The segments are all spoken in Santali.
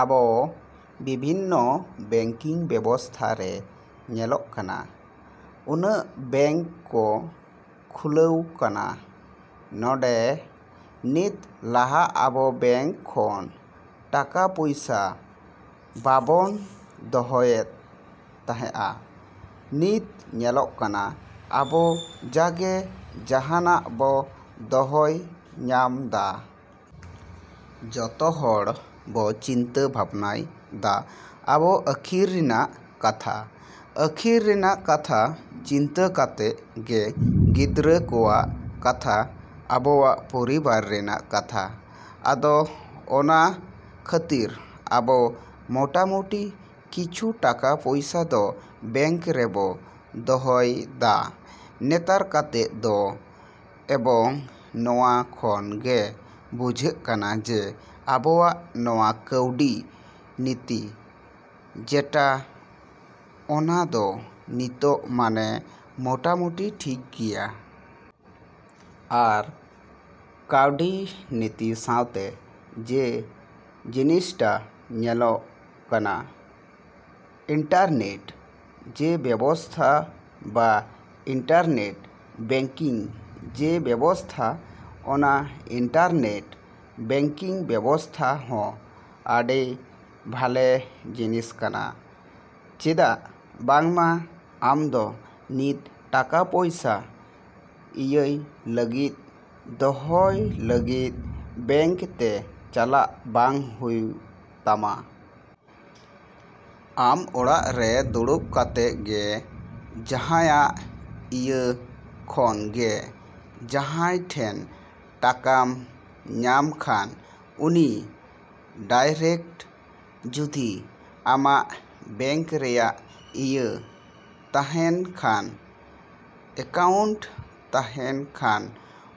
‎ᱟᱵᱚ ᱵᱤᱵᱷᱤᱱᱱᱚ ᱵᱮᱝᱠᱤᱝ ᱵᱮᱵᱚᱥᱛᱟ ᱨᱮ ᱧᱮᱞᱚᱜ ᱠᱟᱱᱟ, ᱩᱱᱟᱹᱜ ᱵᱮᱝᱠ ᱠᱚ ᱠᱷᱩᱞᱟᱹᱣ ᱠᱟᱱᱟ ᱱᱚᱰᱮ ᱱᱤᱛ ᱞᱟᱦᱟ ᱟᱵᱚ ᱵᱮᱝᱠ ᱠᱷᱚᱱ ᱴᱟᱠᱟ ᱯᱚᱭᱥᱟ ᱵᱟᱵᱚᱱ ᱫᱚᱦᱚᱭᱮᱫ ᱛᱟᱦᱮᱸᱜᱼᱟ, ᱱᱤᱛ ᱧᱮᱞᱚᱜ ᱠᱟᱱᱟ ᱟᱵᱚ ᱡᱟᱜᱮ ᱡᱟᱦᱟᱸᱱᱟᱜ ᱵᱚ ᱫᱚᱦᱚᱭ ᱧᱟᱢ ᱫᱟ᱾ ᱡᱚᱛᱚ ᱦᱚᱲ ᱵᱚ ᱪᱤᱱᱛᱟᱹ ᱵᱷᱟᱵᱽᱱᱭ ᱫᱟ ᱟᱵᱚ ᱟᱠᱷᱤᱨ ᱨᱮᱱᱟᱜ ᱠᱟᱛᱷᱟ, ᱟᱠᱷᱤᱨ ᱨᱮᱱᱟᱜ ᱠᱟᱛᱷᱟ ᱪᱤᱱᱛᱟᱹ ᱠᱟᱛᱮᱜ ᱜᱮ ᱜᱤᱫᱽᱨᱟᱹ ᱠᱚᱣᱟᱜ ᱠᱟᱛᱷᱟ, ᱟᱵᱚᱣᱟᱜ ᱯᱚᱨᱤᱵᱟᱨ ᱨᱮᱱᱟᱜ ᱠᱟᱛᱷᱟ ᱟᱫᱚ ᱚᱱᱟ ᱠᱷᱟᱹᱛᱤᱨ ᱟᱵᱚ ᱢᱚᱴᱟᱢᱩᱴᱤ ᱠᱤᱪᱷᱩ ᱴᱟᱠᱟ ᱯᱚᱭᱥᱟ ᱫᱚ ᱵᱮᱝᱠ ᱨᱮᱵᱚ ᱫᱚᱦᱚᱭ ᱫᱟ ᱱᱮᱛᱟᱨ ᱠᱟᱛᱮᱜ ᱫᱚ, ᱮᱵᱚᱝ ᱱᱚᱣᱟ ᱠᱷᱚᱱ ᱜᱮ ᱵᱩᱡᱷᱟᱹᱜ ᱠᱟᱱᱟ ᱡᱮ ᱟᱵᱚᱣᱟᱜ ᱱᱚᱣᱟ ᱠᱟᱹᱣᱰᱤ ᱱᱤᱛᱤ ᱡᱮᱴᱟ ᱚᱱᱟ ᱫᱚ ᱱᱤᱛᱚᱜ ᱢᱟᱱᱮ ᱢᱚᱴᱟᱢᱩᱴᱤ ᱴᱷᱤᱠ ᱜᱮᱭᱟ᱾ ᱟᱨ ᱠᱟᱣᱰᱤ ᱱᱤᱛᱤ ᱥᱟᱶᱛᱮ ᱡᱮ ᱡᱤᱱᱤᱥᱴᱟ ᱧᱮᱞᱚᱜ ᱠᱟᱱᱟ ᱤᱱᱴᱟᱨᱱᱮᱹᱴ ᱡᱮ ᱵᱮᱵᱚᱥᱛᱷᱟ ᱵᱟ ᱤᱱᱴᱟᱨᱱᱮᱹᱴ ᱵᱮᱝᱠᱤᱝ ᱡᱮ ᱵᱮᱵᱚᱥᱛᱟ ᱚᱱᱟ ᱤᱱᱴᱟᱨᱱᱮᱹᱴ ᱵᱮᱝᱠᱤᱝ ᱵᱮᱵᱚᱥᱛᱟ ᱦᱚᱸ ᱟᱰᱤ ᱵᱷᱟᱞᱮ ᱡᱤᱱᱤᱥ ᱠᱟᱱᱟ᱾ ᱪᱮᱫᱟᱜ ᱵᱟᱝᱢᱟ ᱟᱢᱫᱚ ᱱᱤᱛ ᱴᱟᱠᱟ ᱯᱚᱭᱥᱟ ᱤᱭᱟᱹᱭ ᱞᱟᱹᱜᱤᱫ, ᱫᱚᱦᱚᱭ ᱞᱟᱹᱜᱤᱫ ᱵᱮᱝᱠ ᱛᱮ ᱪᱟᱞᱟᱜ ᱵᱟᱝ ᱦᱩᱭᱩᱜ ᱛᱟᱢᱟ᱾ ᱟᱢ ᱚᱲᱟᱜ ᱨᱮ ᱫᱩᱲᱩᱵ ᱠᱟᱛᱮᱜ ᱜᱮ ᱡᱟᱦᱟᱸᱭᱟᱜ ᱤᱭᱟᱹ ᱠᱷᱚᱱ ᱜᱮ, ᱡᱟᱦᱟᱸᱭ ᱴᱷᱮᱱ ᱴᱟᱠᱟᱢ ᱧᱟᱢ ᱠᱷᱟᱱ ᱩᱱᱤ ᱰᱟᱭᱨᱮᱠᱴ ᱡᱩᱫᱤ ᱟᱢᱟᱜ ᱵᱮᱝᱠ ᱨᱮᱭᱟᱜ ᱤᱭᱟᱹ ᱛᱟᱦᱮᱸᱱ ᱠᱷᱟᱱ ᱮᱠᱟᱣᱩᱱᱴ ᱛᱟᱦᱮᱸᱱ ᱠᱷᱟᱱ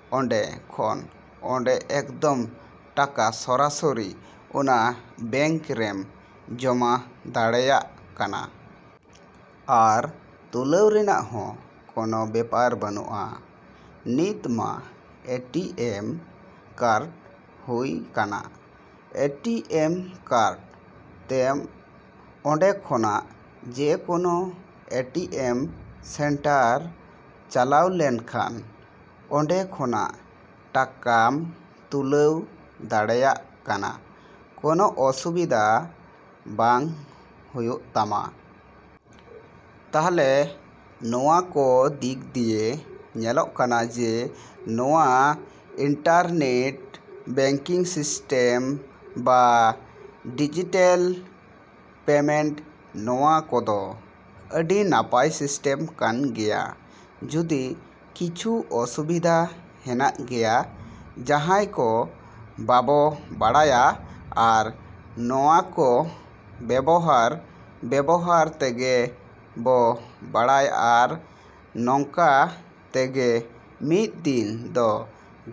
ᱚᱸᱰᱮ ᱠᱷᱚᱱ ᱚᱸᱰᱮ ᱮᱠᱫᱚᱢ ᱴᱟᱠᱟ ᱥᱚᱨᱟᱥᱚᱨᱤ ᱚᱱᱟ ᱵᱮᱝᱠ ᱨᱮᱢ ᱡᱚᱢᱟ ᱫᱟᱲᱮᱭᱟᱜ ᱠᱟᱱᱟ᱾ ᱟᱨ ᱛᱩᱞᱟᱹᱣ ᱨᱮᱱᱟᱜ ᱦᱚᱸ ᱠᱚᱱᱚ ᱵᱮᱯᱟᱨ ᱵᱟᱱᱩᱜᱼᱟ ᱱᱤᱛ ᱢᱟ ᱮ ᱴᱤ ᱮᱢ ᱠᱟᱨᱰ ᱦᱩᱭ ᱠᱟᱱᱟ ᱮ ᱴᱤ ᱮᱢ ᱠᱟᱨᱰ ᱛᱮᱢ ᱚᱸᱰᱮ ᱠᱷᱚᱱᱟᱜ ᱡᱮ ᱠᱳᱱᱳ ᱮ ᱴᱤ ᱮᱢ ᱥᱮᱱᱴᱟᱨᱮᱢ ᱪᱟᱞᱟᱣ ᱞᱮᱱᱠᱷᱟᱱ ᱚᱸᱰᱮ ᱠᱷᱚᱱᱟᱜ ᱴᱟᱠᱟᱢ ᱛᱩᱞᱟᱹᱣ ᱫᱟᱲᱮᱭᱟᱜ ᱠᱟᱱᱟ, ᱠᱚᱱᱚ ᱚᱥᱩᱵᱤᱫᱟ ᱵᱟᱝ ᱦᱩᱭᱩᱜ ᱛᱟᱢᱟ᱾ ᱛᱟᱞᱦᱮ ᱱᱚᱣᱟ ᱠᱚ ᱫᱤᱠ ᱫᱤᱭᱮ ᱧᱮᱞᱚᱜ ᱠᱟᱱᱟ ᱡᱮ ᱱᱚᱣᱟ ᱤᱱᱴᱟᱨᱱᱮᱹᱴ ᱵᱮᱝᱠᱤᱝ ᱥᱤᱥᱴᱮᱢ ᱵᱟ ᱰᱤᱡᱤᱴᱟᱞ ᱯᱮᱢᱮᱱᱴ ᱱᱚᱣᱟ ᱠᱚᱫᱚ ᱟᱰᱤ ᱱᱟᱯᱟᱭ ᱥᱤᱥᱴᱮᱢ ᱠᱟᱱ ᱜᱮᱭᱟ, ᱡᱚᱫᱤ ᱠᱤᱪᱷᱩ ᱚᱥᱵᱤᱫᱟ ᱦᱮᱱᱟᱜ ᱜᱮᱭᱟ ᱡᱟᱦᱟᱸᱭ ᱠᱚ ᱵᱟᱵᱚ ᱵᱟᱲᱟᱭᱟ, ᱟᱨ ᱱᱚᱣᱟ ᱠᱚ ᱵᱮᱵᱚᱦᱟᱨ ᱵᱮᱵᱚᱦᱟᱨ ᱛᱮᱜᱮ ᱵᱚ ᱵᱟᱲᱟᱭ ᱟᱨ ᱱᱚᱝᱠᱟ ᱛᱮᱜᱮ ᱢᱤᱫ ᱫᱤᱱ ᱫᱚ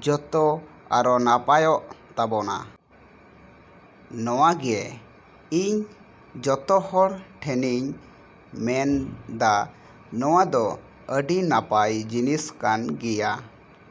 ᱡᱚᱛᱚ ᱟᱨᱚ ᱱᱟᱯᱟᱭᱚᱜ ᱛᱟᱵᱚᱱᱟ᱾ ᱱᱚᱣᱟ ᱜᱮ ᱤᱧ ᱡᱚᱛᱚ ᱦᱚᱲ ᱴᱷᱮᱱᱤᱧ ᱢᱮᱱ ᱫᱟ ᱱᱚᱣᱟ ᱫᱚ ᱟᱰᱤ ᱱᱟᱯᱟᱭ ᱡᱤᱱᱤᱥ ᱠᱟᱱ ᱜᱮᱭᱟ᱾।